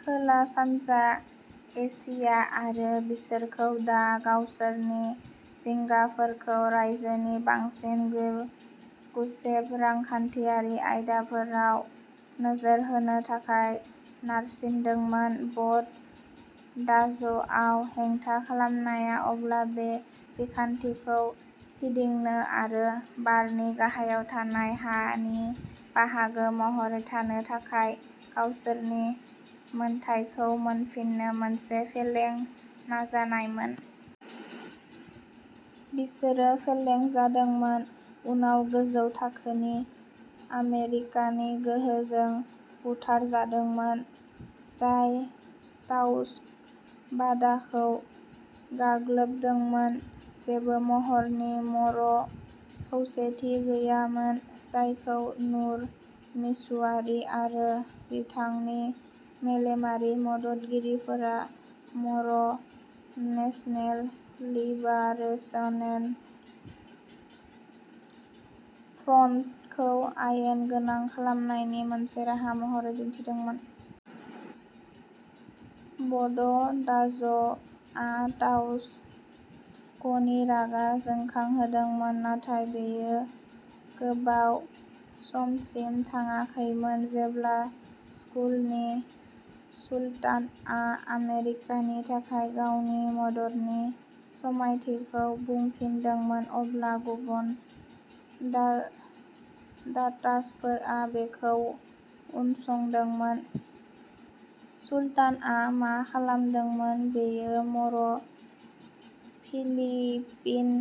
खोला-सानजा Asia आरो बिसोरखौ दा गावसोरनि जिंगाफोरखौ रायजोनि बांसिन बे गुसेब रांखान्थियारि आयदाफोराव नोजोर होनो थाखाय नारसिनदोंमोन। बड दाज'आव हेंथा खालामनाया अब्ला बे बिखान्थिखौ फिदिंनो आरो बारनि गाहायाव थानाय हा नि बाहागो महरै थानो थाखाय गावसोरनि मोनथायखौ मोनफिननो मोनसे फेलें नाजानायमोन। बिसोरो फेलें जादोंमोन, उनाव गोजौ थाखोनि आमेरिकानि गोहोजों बुथारजादोंमोन, जाय ताउस'ग बादाखौ गाग्लोबदोंमोन। जेबो महरनि मर' खौसेथि गैयामोन जायखौ नुर मिसुवारी आरो बिथांनि मेलेमारि मददगिरिफोरा मर' नेशनेल लिबारेशन फ्रन्टखौ आयेन गोनां खालामनायनि मोनसे राहा महरै दिन्थिदोंमोन। बड दाज'आ ताउस' गनि रागा जोंखांहोदोंमोन, नाथाय बेयो गोबाव समसिम थाङाखैमोन। जेब्ला सुलुनि सुल्तानआ आमेरिकानि थाखाय गावनि मददनि समायथिखौ बुंफिनदोंमोन, अब्ला गुबुन दा-दातासफोरा बेखौ उनसंदोंमोन। सुल्तानआ मा खालामदोंमोन बेयो मर' फिलिपिन'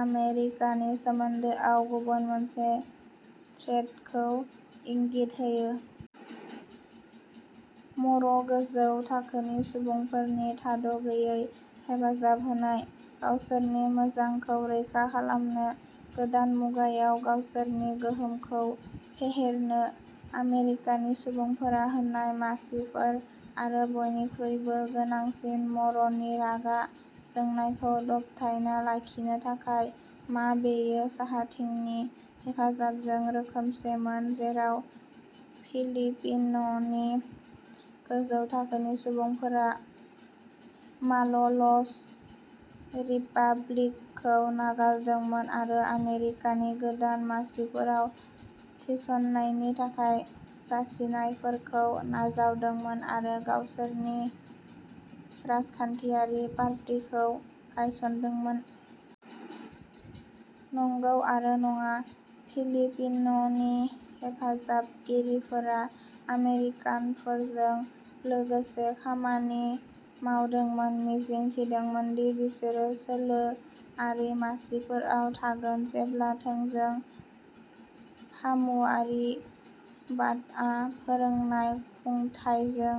आमेरिकानि सोमोन्दोआव गुबुन मोनसे थ्रेडखौ इंगित होयो। मर' गोजौ थाखोनि सुबुंफोरनि थाद' गैयै हेफाजाब होनाय, गावसोरनि मोजांखौ रैखा खालामनो, गोदान मुगायाव गावसोरनि गोहोमखौ फेहेरनो। आमेरिकानि सुबुंफोरा होनाय मासिफोर, आरो, बयनिख्रुइबो गोनांसिन, मर'नि रागा जोंनायखौ दबथायना लाखिनो थाखाय। मा बेयो साहाथिंनि हेफाजाबजों रोखोमसेमोन, जेराव फिलिपिन'नि गोजौ थाखोनि सुबुंफोरा माल' ल'स रिपाब्लिकखौ नागारदोंमोन आरो आमेरिकानि गोदान मासिफोराव थिसननायनि थाखाय जासिनायफोरखौ नाजावदोंमोन, आरो गावसोरनि राजखान्थियारि पार्टीखौ गायसनदोंमोन। नंगौ आरो नङा। फिलिपिन'नि हेफाजाबगिरिफोरा आमेरिकानफोरजों लोगोसे खामानि मावदोंमोन मिजिं थिदोंमोन दि बिसोरो सोलोआरि मासिफोराव थागोन जेब्ला थोंजों फामुवारिबादआ फोरोंनाय खुंथायजों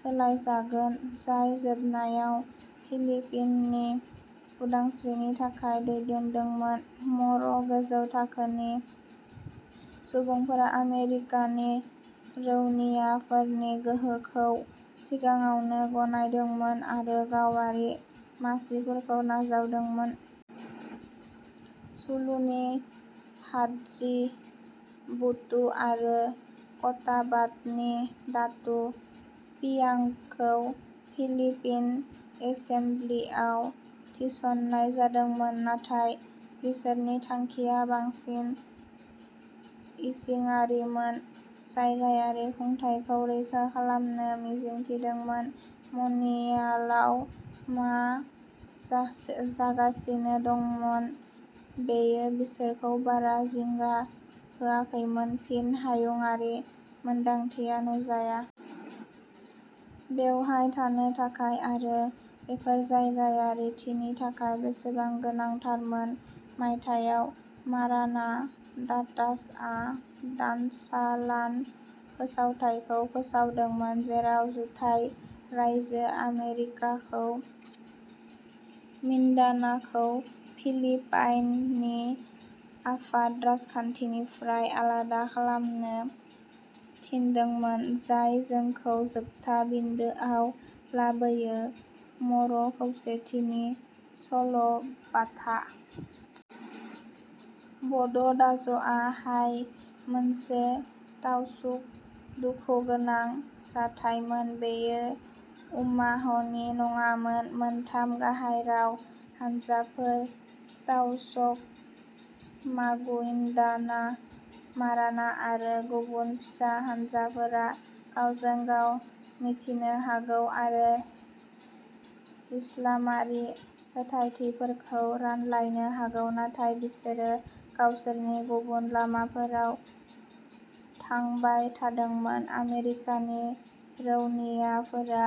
सोलायजागोन, जाय जोबनायाव फिलिपिन'नि उदांस्रिनि थाखाय दैदेनदोंमोन। मर' गोजौ थाखोनि सुबुंफोरा आमेरिकानि रौनियाफोरनि गोहोखौ सिगाङावनो गनायदोंमोन, आरो गावारि मासिफोरखौ नाजावदोंमोन। सुलुनि हादजी बुटु आरो कटाबात'नि दातू पियांगखौ फिलिपिन एसेमब्लिआव थिस'न्नाय जादोंमोन। नाथाय बिसोरनि थांखिया बांसिन इसिङारिमोन, जायगायारि खुंथायखौ रैखा खालामनो मिजिं थिदोंमोन। मनिलायाव मा जागासिनो दंमोन बेयो बिसोरखौ बारा जिंगा होआखैमोन। फिन, हायुंआरि मोन्दांथिया नुजाया। बेवहाय थानो थाखाय। आरो बेफोर जायगायारिथिनि थाखाय बेसेबां गोनांथारमोन मायथाइयाव, माराना दातासआ दानसालान फोसावथायखौ फोसावदोंमोन, जेराव जुथाइ रायजो आमेरिकाखौ मिन्दानाखौ फिलिपाइननि आफाद राजखान्थिनिफ्राय आलादा खालामनो थिनदोंमोन। जाय जोंखौ जोबथा बिन्दोआव लाबोयो। मर' खौसेथिनि सल'बाथा। बड दाज'आ हाय मोनसे ताउसुग दुखुगोनां जाथायमोन। बेयो उम्माहनि नङामोन, मोनथाम गाहाय राव हानजाफोर-ताउस'ग, मागुइन्दाना, माराना आरो गुबुन फिसा हानजाफोरा गावजों-गाव मिन्थिनो हागौ आरो इस्लामारि फोथायथिफोरखौ रानलायनो हागौ, नाथाय बिसोरो गावसोरनि गुबुन लामाफोराव थांबाय थादोंमोन, आमेरिकानि रौनियाफोरा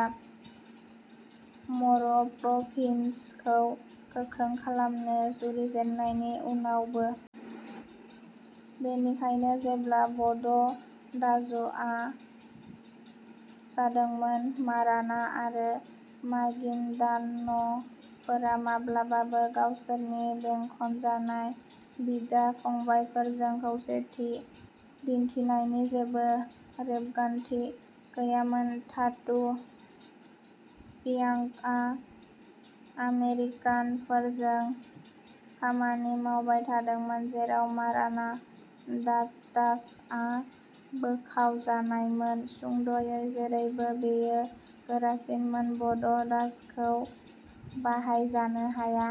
मर'प्रभिन्सखौ गोख्रों खालामनो जुरिजेननायनि उनावबो। बेनिखायनो जेब्ला बड दाज'आ जादोंमोन माराना आरो मागिनदान'फोरा माब्लाबाबो गावसोरनि बेंखनजानाय बिदा-फंबायफोरजों खौसेथि दिन्थिनायनि जेबो रेबगान्थि गैयामोन। दातू पियांगआ आमेरिकानफोरजों खामानि मावबाय थादोंमोन, जेराव माराना दातासआ बोखावजानायमोन। सुंद'यै जेरैबो बेयो गोरासिनमोन, बड दाज'खौ बाहायजानो हाया।